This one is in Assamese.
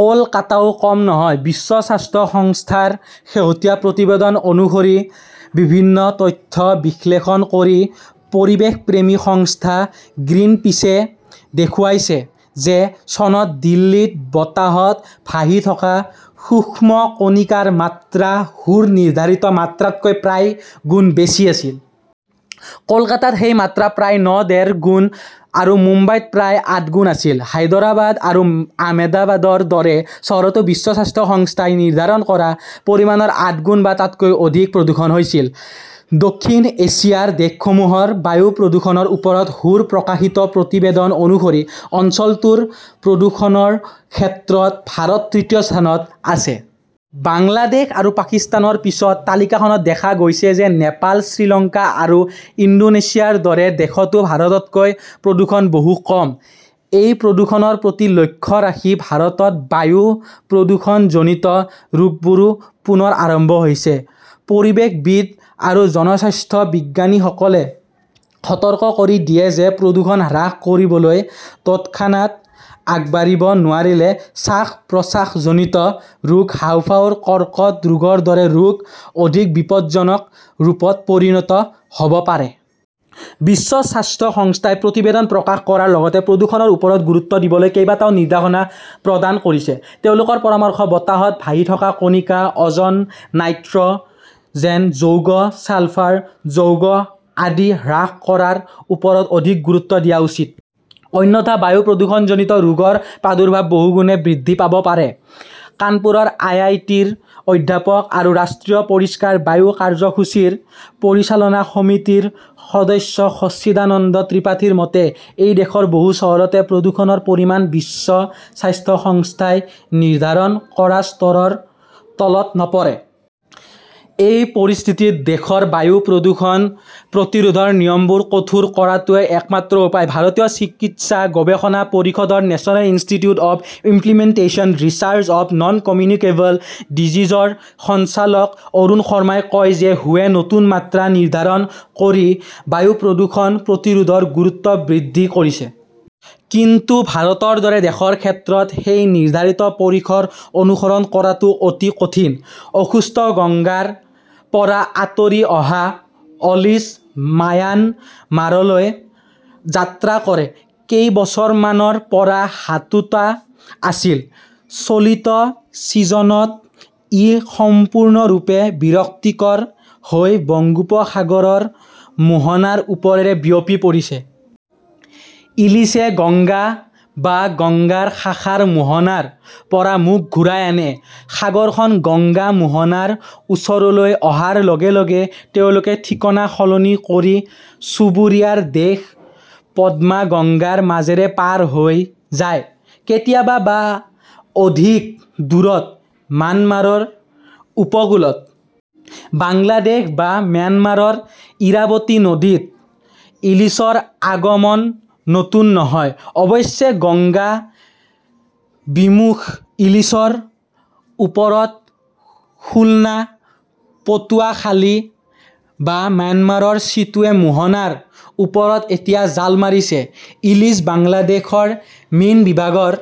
কলকাতাও কম নহয়। বিশ্ব স্বাস্থ্য সংস্থাৰ শেহতীয়া প্ৰতিবেদন অনুসৰি বিভিন্ন তথ্য বিশ্লেষণ কৰি পৰিৱেশপ্ৰেমী সংস্থা গ্ৰীণপিছে দেখুৱাইছে যে চনত দিল্লীত বতাহত ভাহি থকা সূক্ষ্ম কণিকাৰ মাত্ৰা হু-ৰ নিৰ্ধাৰিত মাত্ৰাতকৈ প্ৰায় গুণ বেছি আছিল। কলকাতাত সেই মাত্ৰা প্ৰায় ন-ডেৰ গুণ আৰু মুম্বাইত প্ৰায় আঠ গুণ আছিল। হায়দৰাবাদ আৰু আহমেদাবাদৰ দৰে চহৰতো বিশ্ব স্বাস্থ্য সংস্থাই নিৰ্ধাৰণ কৰা পৰিমাণৰ আঠ গুণ বা তাতকৈ অধিক প্ৰদূষণ হৈছিল। দক্ষিণ এছিয়াৰ দেশসমূহৰ বায়ু প্ৰদূষণৰ ওপৰত হু-ৰ প্ৰকাশিত প্ৰতিবেদন অনুসৰি, অঞ্চলটোৰ প্ৰদূষণৰ ক্ষেত্ৰত ভাৰত তৃতীয় স্থানত আছে। বাংলাদেশ আৰু পাকিস্তানৰ পিছত। তালিকাখনত দেখা গৈছে যে নেপাল, শ্ৰীলংকা আৰু ইণ্ডোনেছিয়াৰ দৰে দেশতো ভাৰততকৈ প্ৰদূষণ বহু কম। এই প্ৰদূষণৰ প্ৰতি লক্ষ্য ৰাখি ভাৰতত বায়ু প্ৰদূষণজনিত ৰোগবোৰো পুনৰ আৰম্ভ হৈছে। পৰিৱেশবিদ আৰু জনস্বাস্থ্য বিজ্ঞানীসকলে সতৰ্ক কৰি দিয়ে যে প্ৰদূষণ হ্ৰাস কৰিবলৈ তৎক্ষণাত আগবাঢ়িব নোৱাৰিলে শ্বাস-প্ৰশ্বাসজনিত ৰোগ, হাঁওফাঁওৰ কৰ্কট ৰোগৰ দৰে ৰোগ অধিক বিপদজনক ৰূপত পৰিণত হ 'ব পাৰে। বিশ্ব স্বাস্থ্য সংস্থাই প্ৰতিবেদন প্ৰকাশ কৰাৰ লগতে প্ৰদূষণৰ ওপৰত গুৰুত্ব দিবলৈ কেইবাটাও নিৰ্দেশনা প্ৰদান কৰিছে। তেওঁলোকৰ পৰামৰ্শ, বতাহত ভাহি থকা কণিকা, অ "জন, নাইট্ৰ" জেন যৌগ, ছালফাৰ যৌগ আদি হ্ৰাস কৰাৰ ওপৰত অধিক গুৰুত্ব দিয়া উচিত। অন্যথা বায়ু প্ৰদূষণজনিত ৰোগৰ প্ৰাদুৰ্ভাৱ বহুগুণে বৃদ্ধি পাব পাৰে। কানপুৰৰ আই. আই. টি. -ৰ অধ্যাপক আৰু ৰাষ্ট্ৰীয় পৰিষ্কাৰ বায়ু কাৰ্যসূচীৰ পৰিচালনা সমিতিৰ সদস্য সচ্চিদানন্দ ত্ৰিপাঠীৰ মতে, এই দেশৰ বহু চহৰতে প্ৰদূষণৰ পৰিমাণ বিশ্ব স্বাস্থ্য সংস্থাই নিৰ্ধাৰণ কৰা স্তৰৰ তলত নপৰে। এই পৰিস্থিতিত দেশৰ বায়ু প্ৰদূষণ প্ৰতিৰোধৰ নিয়মবোৰ কঠোৰ কৰাটোৱেই একমাত্ৰ উপায়। ভাৰতীয় চিকিৎসা গৱেষণা পৰিষদৰ national institute for implementation research of noncommunicable ডিজিজৰ সঞ্চালক অৰুণ শৰ্মাই কয় যে হু-য়ে নতুন মাত্ৰা নিৰ্ধাৰণ কৰি বায়ু প্ৰদূষণ প্ৰতিৰোধৰ গুৰুত্ব বৃদ্ধি কৰিছে। কিন্তু ভাৰতৰ দৰে দেশৰ ক্ষেত্ৰত সেই নিৰ্ধাৰিত পৰিসৰ অনুসৰণ কৰাটো অতি কঠিন। অসুস্থ গঙ্গাৰ পৰা আঁতৰি অহা ইলিস, মায়ানমাৰলৈ যাত্ৰা কৰে কেইবছৰমানৰ পৰা হাতুটা আছিল। চলিত ছিজনত ই সম্পূৰ্ণৰূপে বিৰক্তিকৰ হৈ বংগোপসাগৰৰ মোহনাৰ ওপৰেৰে বিয়পি পৰিছে। ইলিছে গংগা বা ইয়াৰ শাখাৰ মোহনাৰ পৰা মুখ ঘূৰাই আনে। সাগৰখন গংগা-মোহনাৰ ওচৰলৈ অহাৰ লগে লগে তেওঁলোকে ঠিকনা সলনি কৰি চুবুৰীয়া দেশ পদ্মা-গংগাৰ মাজেৰে পাৰ হৈ যায়। কেতিয়াবা বা অধিক দূৰত ম্যানমাৰৰ উপকূলত। বাংলাদেশ বা ম্যানমাৰৰ ইৰাৱতী নদীত ইলিছৰ আগমন নতুন নহয়। অৱশ্যে, গঙ্গা-বিমুখ ইলিছৰ ওপৰত খোল্না, পটুৱাখালি বা ম্যানমাৰৰ চিটুৱে মোহনাৰ ওপৰত এতিয়া 'জাল মাৰিলে ইলিছ! " "বাংলাদেশৰ মীন বিভাগৰ